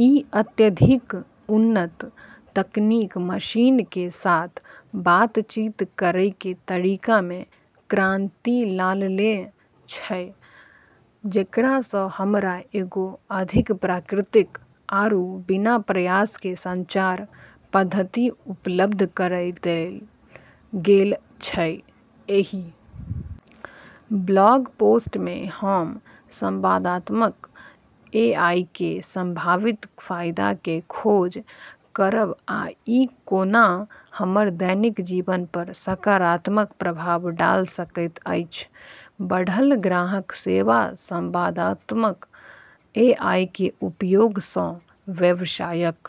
ई अत्यधिक उन्नत तकनीक मशीनऽ के साथ बातचीत करै के तरीका मे क्रांति लानले छै, जेकरा से हमरा एगो अधिक प्राकृतिक आरू बिना प्रयास के संचार पद्धति उपलब्ध कराय देलऽ गेलऽ छै, एहि ब्लॉग पोस्ट में हम संवादात्मक एआई के संभावित फायदा के खोज करब आ ई कोना हमर दैनिक जीवन पर सकारात्मक प्रभाव डाल सकैत अछि, बढ़ल ग्राहक सेवा संवादात्मक एआई कें उपयोग सं व्यवसायक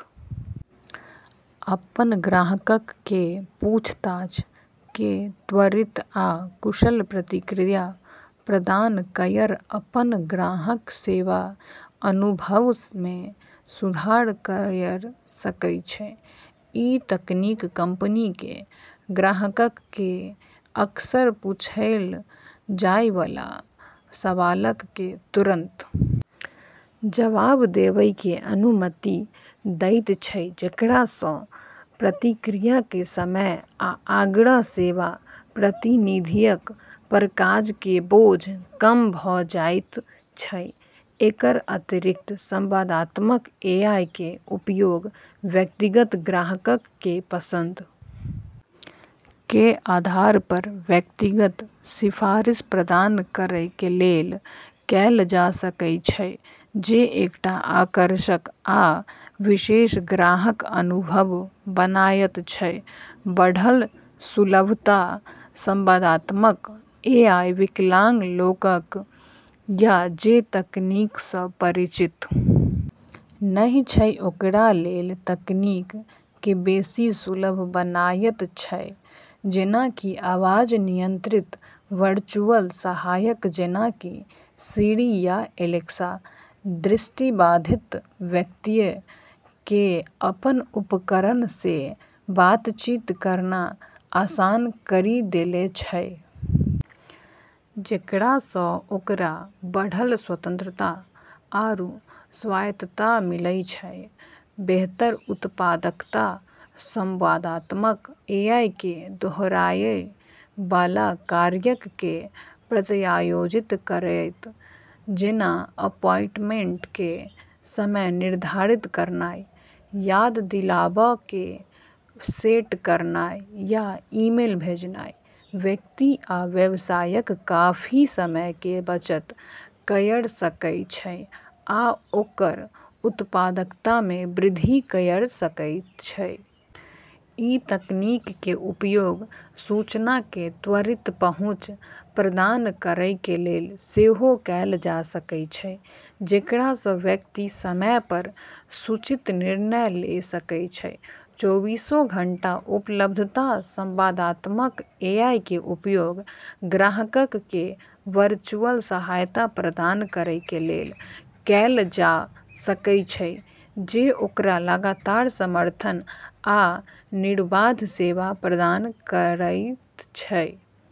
अपन ग्राहकक कें पूछताछ कें त्वरित आ कुशल प्रतिक्रिया प्रदान कयर अपन ग्राहक सेवा अनुभव मे सुधार कयर सकय छै, इ तकनीक कंपनीक कें ग्राहकक कें अक्सर पूछल जाय वाला सवालक कें तुरंत जवाब देवय कें अनुमति देयत छै‌ जेकरा सं प्रतिक्रिया कें समय आ ग्राहक सेवा प्रतिनिधियक पर काज कें बोझ कम भ जायत छै, एकर अतिरिक्त संवादात्मक एआई कें उपयोग व्यक्तिगत ग्राहकक कें पसंद कें आधार पर व्यक्तिगत सिफारिश प्रदान करय कें लेल कैल जा सकय छै जे एकटा आकर्षक आ विशेष ग्राहक अनुभव बनायत छै, बढ़ल सुलभता संवादात्मक एआई विकलांग लोगक या जे तकनीक सं परिचित नहि छै ओकरा लेल तकनीक कें बेसि सुलभ बनायत छै, जेना कि आवाज नियंत्रित वर्चुअल सहायक जेना कि सिरी या एलेक्सा, दृष्टिबाधित व्यक्तियऽ के अपनऽ उपकरणऽ से बातचीत करना आसान करी देले छै जेकरा स ओकरा बढ़लऽ स्वतंत्रता आरू स्वायत्तता मिलै छै, बेहतर उत्पादकता संवादात्मक एआई कें दोहराएय वाला कार्यक कें प्रत्यायोजित करयत जेना अपॉइंटमेंट कें समय निर्धारित करनाय, याद दिलावा कें सेट करनाय या ईमेल भेजनाय, व्यक्ति आ व्यवसायक काफी समय कें बचत कयर सकय छै आ ओकर उत्पादकता मे वृद्धि कयर सकय छै. इ तकनीक कें उपयोग सूचना कें त्वरित पहुंच प्रदान करय कें लेल सेहो कैल जा सकय छै जेकरा सं व्यक्ति समय पर सूचित निर्णय ले सकय छै, चौबीसों घंटा उपलब्धता संवादात्मक एआई कें उपयोग ग्राहकक कें वर्चुअल सहायता प्रदान करय कें लेल कैल जा सकय छै जे ओकरा लगातार समर्थन आ निर्बाध सेवा प्रदान करयत छै।